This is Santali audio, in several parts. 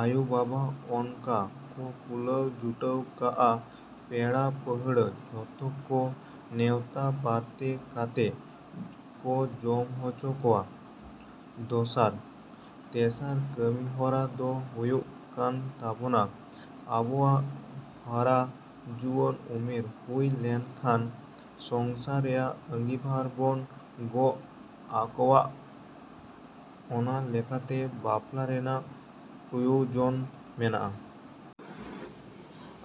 ‎ᱟᱭᱳᱼᱵᱟᱵᱟ ᱚᱱᱠᱟ ᱠᱚ ᱠᱩᱞᱟᱹᱣ ᱡᱩᱴᱟᱹᱣ ᱠᱟᱜᱼᱟ, ᱯᱮᱲᱟᱼᱯᱟᱺᱦᱲᱟᱹ ᱡᱚᱛᱚ ᱠᱚ ᱱᱮᱣᱛᱟ ᱵᱟᱨᱛᱮ ᱠᱟᱛᱮ ᱠᱚ ᱡᱚᱢ ᱦᱚᱪᱚ ᱠᱚᱣᱟ᱾ ᱫᱚᱥᱟᱨ, ᱛᱮᱥᱟᱨ ᱠᱟᱹᱢᱤᱦᱚᱨᱟ ᱫᱚ ᱦᱩᱭᱩᱜ ᱠᱟᱱ ᱛᱟᱵᱚᱱᱟ ᱟᱵᱚᱣᱟᱜ ᱦᱟᱨᱟ ᱡᱩᱣᱟᱹᱱ ᱩᱢᱮᱨ ᱦᱩᱭ ᱞᱮᱱᱠᱷᱟᱱ ᱥᱚᱝᱥᱟᱨ ᱨᱮᱱᱟᱜ ᱟᱺᱜᱤᱵᱷᱟᱨ ᱵᱚᱱ ᱜᱚᱜ ᱟᱠᱚᱣᱟᱜ ᱚᱱᱟ ᱞᱮᱠᱟᱛᱮ ᱵᱟᱯᱞᱟ ᱨᱮᱱᱟᱜ ᱯᱨᱚᱭᱳᱡᱚᱱ ᱢᱮᱱᱟᱜᱼᱟ᱾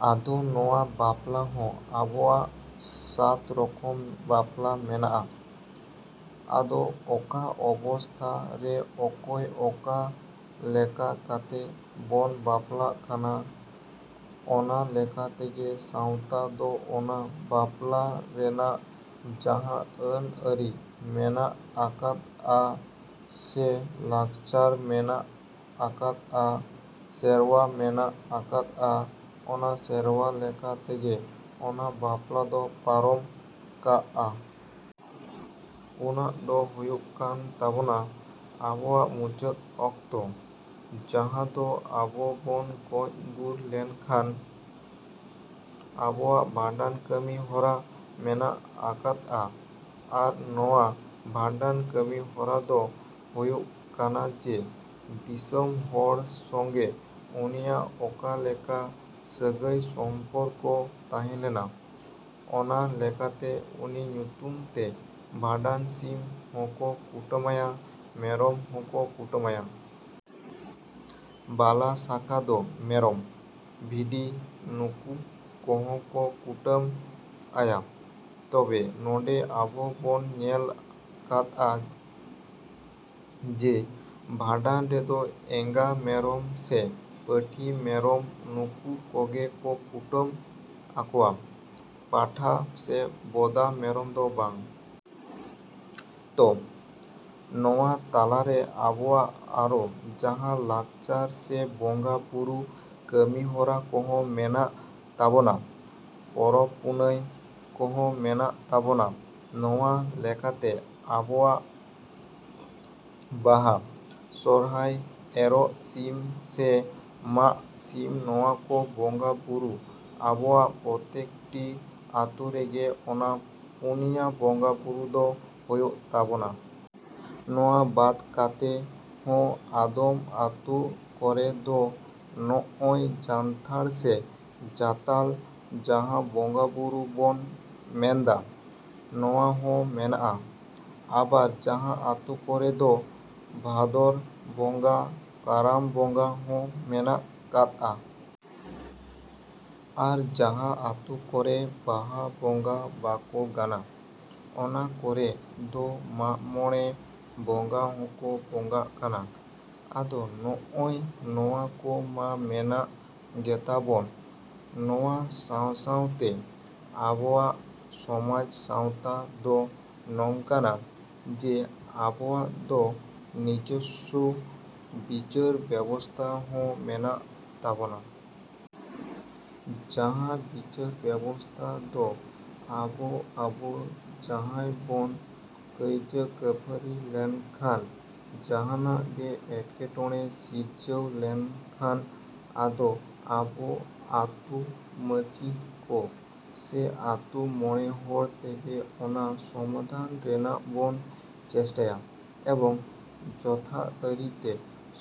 ᱟᱫᱚ ᱱᱚᱣᱟ ᱵᱟᱯᱞᱟ ᱦᱚᱸ ᱟᱵᱚᱣᱟᱜ ᱥᱟᱛ ᱨᱚᱠᱚᱢ ᱵᱟᱯᱞᱟ ᱢᱮᱱᱟᱜᱼᱟ᱾ ᱟᱫᱚ ᱚᱠᱟ ᱚᱵᱚᱥᱛᱟ ᱨᱮ ᱚᱠᱚᱭ ᱚᱠᱟ ᱞᱮᱠᱟ ᱠᱟᱛᱮ ᱵᱚᱱ ᱵᱟᱯᱞᱟᱜ ᱠᱟᱱᱟ ᱚᱱᱟ ᱞᱮᱠᱟ ᱛᱮᱜᱮ ᱥᱟᱶᱛᱟ ᱫᱚ ᱚᱱᱟ ᱵᱟᱯᱞᱟ ᱨᱮᱱᱟᱜ ᱡᱟᱦᱟᱸ ᱟᱹᱱᱼᱟᱹᱨᱤ ᱢᱮᱱᱟᱜ ᱟᱠᱟᱫᱼᱟ ᱥᱮ ᱞᱟᱠᱪᱟᱨ ᱢᱮᱱᱟᱜ ᱟᱠᱟᱫᱼᱟ, ᱥᱮᱨᱣᱟ ᱢᱮᱱᱟᱜ ᱟᱠᱟᱫᱼᱟ, ᱚᱱᱟ ᱥᱮᱨᱣᱟ ᱞᱮᱠᱟ ᱛᱮᱜᱮ ᱚᱱᱟ ᱵᱟᱯᱞᱟ ᱫᱚ ᱯᱟᱨᱚᱢ ᱠᱟᱜᱼᱟ᱾ ᱯᱩᱱᱟᱜ ᱫᱚ ᱦᱩᱭᱩᱜ ᱠᱟᱱ ᱛᱟᱵᱚᱱᱟ ᱟᱵᱚᱣᱟᱜ ᱢᱩᱪᱟᱹᱫ ᱚᱠᱛᱚ, ᱡᱟᱦᱟᱸ ᱫᱚ ᱟᱵᱚ ᱵᱚᱱ ᱜᱚᱡ ᱜᱩᱨ ᱞᱮᱱ ᱠᱷᱟᱱ ᱟᱵᱚᱣᱟᱜ ᱵᱷᱟᱸᱰᱟᱱ ᱠᱟᱹᱢᱤ ᱦᱚᱨᱟ ᱢᱮᱱᱟᱜ ᱟᱠᱟᱫᱼᱟ᱾ ᱟᱨ ᱱᱚᱣᱟ ᱵᱷᱟᱸᱰᱟᱱ ᱠᱟᱹᱢᱤ ᱦᱚᱨᱟ ᱫᱚ ᱦᱩᱭᱩᱜ ᱠᱟᱱᱟ ᱡᱮ, ᱫᱤᱥᱚᱢ ᱦᱚᱲ ᱥᱚᱸᱜᱮ ᱩᱱᱤᱭᱟᱜ ᱚᱠᱟ ᱞᱮᱠᱟ ᱥᱟᱹᱜᱟᱹᱭ ᱥᱚᱢᱯᱚᱨᱠᱚ ᱛᱟᱦᱮᱞᱮᱱᱟ ᱚᱱᱟ ᱞᱮᱠᱟᱛᱮ ᱩᱱᱤ ᱧᱩᱛᱩᱢ ᱛᱮ ᱵᱷᱟᱸᱰᱟᱱ ᱥᱤᱢ ᱦᱚᱸᱠᱚ ᱠᱩᱴᱟᱹᱢᱟᱭᱟ, ᱢᱮᱨᱚᱢ ᱦᱚᱸᱠᱚ ᱠᱩᱴᱟᱹᱢᱟᱭᱟ᱾ ᱵᱟᱞᱟ ᱥᱟᱠᱟ ᱫᱚ ᱢᱮᱨᱚᱢ, ᱵᱷᱤᱰᱤ ᱱᱩᱠᱩ ᱠᱚᱦᱚᱸ ᱠᱚ ᱠᱩᱴᱟᱹᱢᱟᱭᱟ᱾ ᱛᱚᱵᱮ ᱱᱚᱰᱮ ᱟᱵᱚ ᱵᱚᱱ ᱧᱮᱞ ᱠᱟᱫᱼᱟ, ᱡᱮ ᱵᱷᱟᱸᱰᱟᱱ ᱨᱮᱫᱚ ᱮᱸᱜᱟ ᱢᱮᱨᱚᱢ ᱥᱮ ᱯᱟᱹᱴᱷᱤ ᱢᱮᱨᱚᱱ ᱱᱩᱠᱩ ᱠᱚᱜᱮ ᱠᱚ ᱠᱩᱴᱟᱹᱢᱟᱠᱚᱣᱟ᱾ ᱯᱟᱸᱴᱷᱟ ᱥᱮ ᱵᱚᱫᱟ ᱢᱮᱨᱚᱢ ᱫᱚ ᱵᱟᱝ᱾ ᱛᱚ, ᱱᱚᱣᱟ ᱛᱟᱞᱟ ᱨᱮ ᱟᱵᱚᱣᱟᱜ ᱟᱨᱚ ᱡᱟᱦᱟᱸ ᱞᱟᱠᱪᱟᱨ ᱥᱮ ᱵᱚᱸᱜᱟ ᱵᱩᱨᱩ ᱠᱟᱹᱢᱤ ᱦᱚᱨᱟ ᱠᱚᱦᱚᱸ ᱢᱮᱱᱟᱜ ᱛᱟᱵᱚᱱᱟ, ᱯᱚᱨᱚᱵᱽᱼᱯᱩᱱᱟᱹᱭ ᱠᱚᱦᱚᱸ ᱢᱮᱱᱟᱜ ᱛᱟᱵᱚᱱᱟ ᱱᱚᱣᱟ ᱞᱮᱠᱟᱛᱮ ᱟᱵᱚᱣᱟᱜ ᱵᱟᱦᱟ, ᱥᱚᱨᱦᱟᱭ, ᱮᱨᱚᱜ ᱥᱤᱢ ᱥᱮ ᱢᱟᱜᱷ ᱥᱤᱢ ᱱᱚᱣᱟ ᱠᱚ ᱵᱚᱸᱜᱟ ᱵᱩᱨᱩ ᱟᱵᱚᱣᱟᱜ ᱯᱨᱚᱛᱛᱮᱠᱴᱤ ᱟᱛᱳ ᱨᱮᱜᱮ ᱚᱱᱟ ᱯᱩᱱᱭᱟᱹ ᱵᱚᱸᱜᱟ ᱵᱩᱨᱩ ᱫᱚ ᱦᱳᱭᱳᱜ ᱛᱟᱵᱚᱱᱟ᱾ ᱱᱚᱣᱟ ᱵᱟᱫ ᱠᱟᱛᱮ ᱦᱚᱸ ᱟᱫᱚᱢ ᱟᱛᱳ ᱠᱚᱨᱮ ᱫᱚ ᱱᱚᱜᱼᱚᱭ ᱡᱟᱱᱛᱷᱟᱲ ᱥᱮ ᱡᱟᱛᱟᱞ ᱡᱟᱦᱟᱸ ᱵᱚᱸᱜᱟ ᱵᱩᱨᱩ ᱵᱚᱱ ᱢᱮᱱᱫᱟ, ᱱᱚᱣᱟ ᱦᱚᱸ ᱢᱮᱱᱟᱜᱼᱟ ᱾ ᱟᱵᱟᱨ ᱡᱟᱦᱟᱸ ᱟᱛᱳ ᱠᱚᱨᱮ ᱫᱚ ᱵᱷᱟᱫᱚᱨ ᱵᱚᱸᱜᱟ ᱠᱟᱨᱟᱢ ᱵᱚᱸᱜᱟ ᱦᱚᱸ ᱢᱮᱱᱟᱜ ᱠᱟᱫᱼᱟ᱾ ᱟᱨ ᱡᱟᱦᱟᱸ ᱟᱛᱳ ᱠᱚᱨᱮ ᱵᱟᱦᱟ ᱵᱚᱸᱜᱟ ᱵᱟᱠᱚ ᱜᱟᱱᱟ, ᱚᱱᱟ ᱠᱚᱨᱮ ᱫᱚ ᱢᱟᱜᱢᱚᱬᱮ ᱵᱚᱸᱜᱟ ᱦᱚᱸᱠᱚ ᱵᱚᱸᱜᱟᱜ ᱠᱟᱱᱟ᱾ ᱟᱫᱚ ᱱᱚᱜᱼᱚᱭ ᱱᱚᱣᱟ ᱠᱚ ᱢᱟ ᱢᱮᱱᱟᱜ ᱜᱮᱛᱟ ᱵᱚᱱ, ᱱᱚᱣᱟ ᱥᱟᱶ ᱥᱟᱶ ᱛᱮ ᱟᱵᱚᱣᱟᱜ ᱥᱚᱢᱟᱡᱽ ᱥᱟᱶᱛᱟ ᱫᱚ ᱱᱚᱝᱠᱟᱱᱟ, ᱡᱮ ᱟᱵᱚᱣᱟᱜ ᱫᱚ ᱱᱤᱡᱚᱥᱥᱚ ᱵᱤᱪᱟᱨ ᱵᱮᱵᱚᱥᱛᱟ ᱦᱚᱸ ᱢᱮᱱᱟᱜ ᱛᱟᱵᱚᱱᱟ᱾ ᱡᱟᱦᱟᱸ ᱵᱤᱪᱟᱨ ᱵᱮᱵᱚᱥᱛᱟ ᱫᱚ ᱟᱵᱚ ᱟᱵᱚ ᱡᱟᱦᱟᱸᱭ ᱵᱚᱱ ᱠᱟᱹᱭᱡᱟᱹ ᱠᱷᱟᱹᱯᱟᱹᱨᱤ ᱞᱮᱱᱠᱷᱟᱱ ᱡᱟᱦᱟᱱᱟᱜ ᱜᱮ ᱮᱴᱠᱮᱴᱚᱬᱮ ᱥᱤᱨᱡᱟᱹᱣ ᱞᱮᱱᱠᱷᱟᱱ ᱟᱫᱚ ᱟᱵᱚ ᱟᱛᱳ ᱢᱟᱹᱡᱷᱤ ᱠᱚ ᱥᱮ ᱟᱛᱳ ᱢᱚᱬᱮ ᱦᱚᱲ ᱛᱮᱜᱮ ᱚᱱᱟ ᱥᱚᱢᱟᱫᱷᱟᱱ ᱨᱮᱱᱟᱜ ᱵᱚᱱ ᱪᱮᱥᱴᱟᱭᱟ, ᱮᱵᱚᱝ ᱡᱚᱛᱷᱟᱨᱤᱛᱤ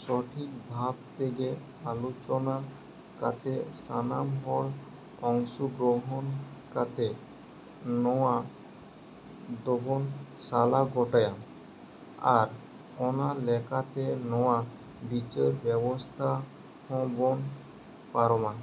ᱥᱚᱴᱷᱤᱠ ᱵᱷᱟᱵ ᱛᱮᱜᱮ ᱟᱞᱳᱪᱚᱱᱟ ᱠᱟᱛᱮ ᱥᱟᱱᱟᱢ ᱦᱚᱲ ᱟᱝᱥᱚᱜᱨᱚᱦᱚᱱ ᱠᱟᱛᱮ ᱱᱚᱣᱟ ᱫᱚᱵᱚᱱ ᱥᱟᱞᱟ ᱜᱚᱴᱟᱭᱟ᱾ ᱟᱨ ᱚᱱᱟ ᱞᱮᱠᱟᱛᱮ ᱱᱚᱣᱟ ᱵᱤᱪᱟᱨ ᱵᱮᱵᱚᱥᱛᱟ ᱦᱚᱸᱵᱚᱱ ᱯᱟᱨᱚᱢᱟ᱾।